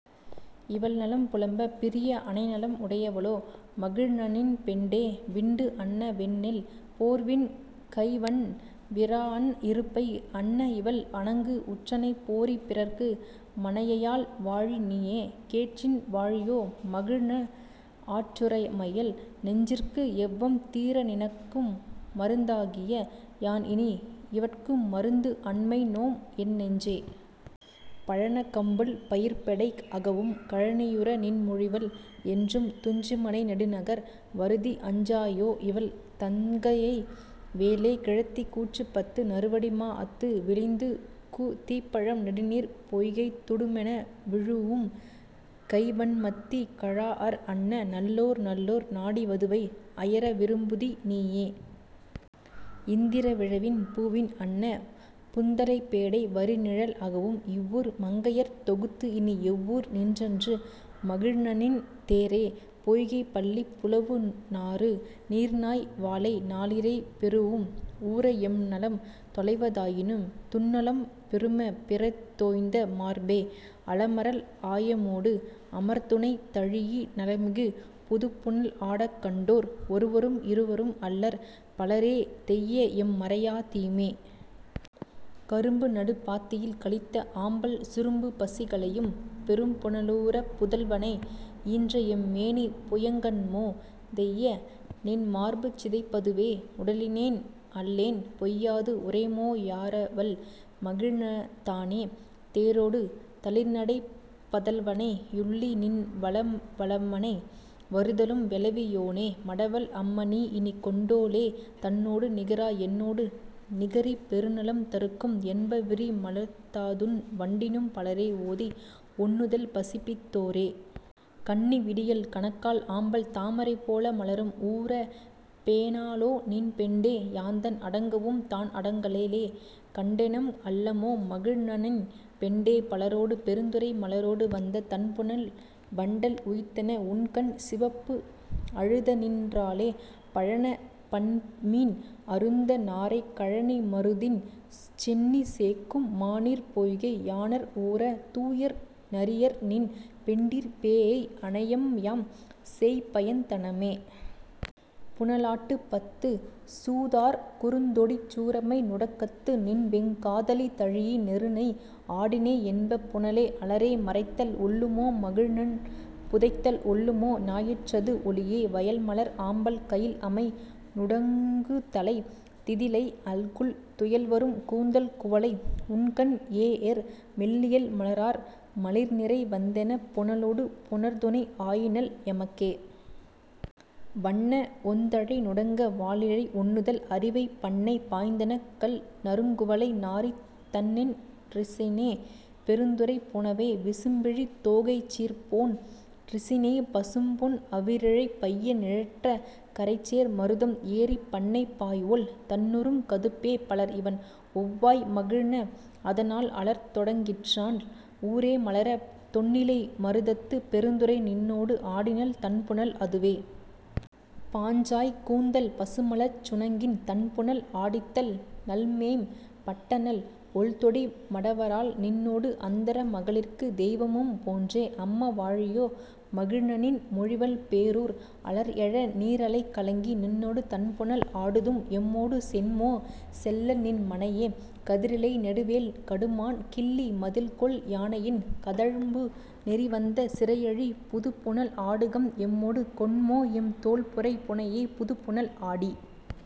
இவள் நலம் புலம்பப் பிரிய அனைநலம் உடையளோ மகிழ்நநின் பெண்டே. விண்டு அன்ன வெண்ணெல் போர்வின் கைவண் விராஅன் இருப்பை அன்ன இவள் அணங்கு உற்றனை போறி பிறர்க்கு மனையையால் வாழி நீயே. கேட்சின் வாழியோ மகிழ்ந ஆற்றுற மையல் நெஞ்சிற்கு எவ்வம் தீர நினக்குமருந் தாகிய யான்இனி இவட்குமருந்து அன்மை நோம்என் நெஞ்சே. பழனக் கம்புள் பயிர்ப்பெடை அகவும் கழனியுரநின் மொழிவல் என்றும் துங்சுமனை நெடுநகர் வருதி அஞ்சா யோஇவள் தந்தைகை வேலே. கிழத்தி கூற்றுப்பத்து நறுவடி மாஅத்து விளைந்துகு தீப்பழம் நெடுநீர்ப் பொய்கைத் துடுமென விழூஉம் கைவண்மத்தி கழாஅர் அன்ன நல்லோர் நல்லோர் நாடி வதுவை அயர விரும்புதி நீயே. இந்திர விழவின் பூவின் அன்ன புந்தலைப் பேடை வரிநிழல் அகவும் இவ்வூர் மங்கையர்த் தொகுத்துஇனி எவ்வூர் நின்றன்று மகிழ்நநின் தேரே. பொய்கைப் பள்ளிப் புலவுநாறு நீர்நாய் வாளை நாளிரை பெறூஉம் ஊர எம்நலம் தொலைவ தாயினும் துன்னலம் பெருமபிறர்த் தோய்ந்த மார்பே. அலமரல் ஆயமோடு அமர்துணை தழீஇ நலமிகு புதுப்புனல் ஆடக் கண்டோ ர் ஒருவரும் இருவரும் அல்லர் பலரே தெய்யஎம் மறையா தீமே. கரும்புநடு பாத்தியில் கலித்த ஆம்பல் சுரும்புபசி களையும் பெரும்புன லூர புதல்வனை ஈன்றஎம் மேனி முயங்கன்மோ தெய்யநின் மார்புசிதைப் பதுவே. உடலினேன் அல்லேன் பொய்யாது உரைமோ யாரவள் மகிழ்ந தானே தேரொடு தளர்நடைப் பதல்வனை யுள்ளிநின் வளவமனை வருதலும் வெளவி யோனே. மடவள் அம்மநீ இனிக்கொண்டோ ளே தன்னொடு நிகரா என்னொடு நிகரிப் பெருநலம் தருக்கும் என்ப விரிமலர்த் தாதுண் வண்டினும் பலரே ஓதி ஒண்ணுதல் பசப்பித் தோரே. கன்னி விடியல் கணக்கால் ஆம்பல் தாமரை போல மலரும் ஊர பேணா ளோநின் பெண்டே யாந்தன் அடங்கவும் தான்அடங் கலளே. கண்டனெம் அல்லமோ மகிழ்நநின் பெண்டே பலரொடு பெருந்துரை மலரொடு வந்த தண்புனல் வண்டல் உய்த்தென உண்கண் சிவப்ப அழுதுநின் றோளே. பழனப் பன்மீன் அருந்த நாரை கழனி மருதின் சென்னிச் சேக்கும் மாநீர்ப் பொய்கை யாணர் ஊர தூயர் நறியர்நின் பெண்டிர் பேஎய் அனையம்யாம் சேய்பயந் தனமே.. புனலாட்டுப் பத்து சூதார் குறுந்தொடிச் சூரமை நுடக்கத்து நின்வெங் காதலி தழீஇ நெருநை ஆடினை என்ப புனலே அலரே மறைத்தல் ஒல்லுமோ மகிழ்ந புதைத்தல் ஒல்லுமோ ஞாயிற்றது ஒளியே. வயல்மலர் ஆம்பல் கயில்அமை நுடங்குதலைத் திதலை அல்குல் துயல்வரும் கூந்தல் குவளை உண்கன் ஏஎர் மெல்லியல் மலரார் மலிர்நிறை வந்தெனப் புனலொடு புணர்துனை ஆயினள் எமக்கே. வண்ண ஒந்தழை நுடங்க வாலிழை ஒண்ணுதல் அரிவை பண்ணை பாய்ந்தெனக் கள்நறுங் குவளை நாறித் தண்ணென் றிசினே பெருந்துறைப் புனவே. விசும்பிழி தோகைச் சீர்போன் றிசினே பசும்பொன் அவிரிழை பைய நிழற்றக் கரைசேர் மருதம் ஏறிப் பண்ணை பாய்வோள் தண்ணறுங் கதுப்பே. பலர் இவண் ஒவ்வாய் மகிழ்ந அதனால் அலர்தொடங் கின்றால் ஊரே மலர தொன்னிலை மருதத்துப் பெருந்துறை நின்னோடு ஆடினள் தண்புனல் அதுவே. பாஞ்சாய்க் கூந்தல் பசுமலர்ச் சுணங்கின் தண்புணல் ஆடித்தல் நல்ம்மேம் பட்டனள் ஒள்தொடி மடவரால் நின்னோடு அந்தர மகளிர்க்குத் தெய்வமும் போன்றே. அம்ம வாழியோ மகிழ்நநின் மொழிவல் பேரூர் அலர்எழ நீரலைக் கலங்கி நின்னொடு தண்புணல் ஆடுதும் எம்மோடு சென்மோ செல்லல்நின் மனையே. கதிரிலை நெடுவேல் கடுமான் கிள்ளி மதில்கொல் யானையின் கதழ்புநெறி வந்த சிறையழி புதுப்புனல் ஆடுகம் எம்மொடு கொண்மோஎம் தோள்புரை புனையே. புதுப்புனல் ஆடி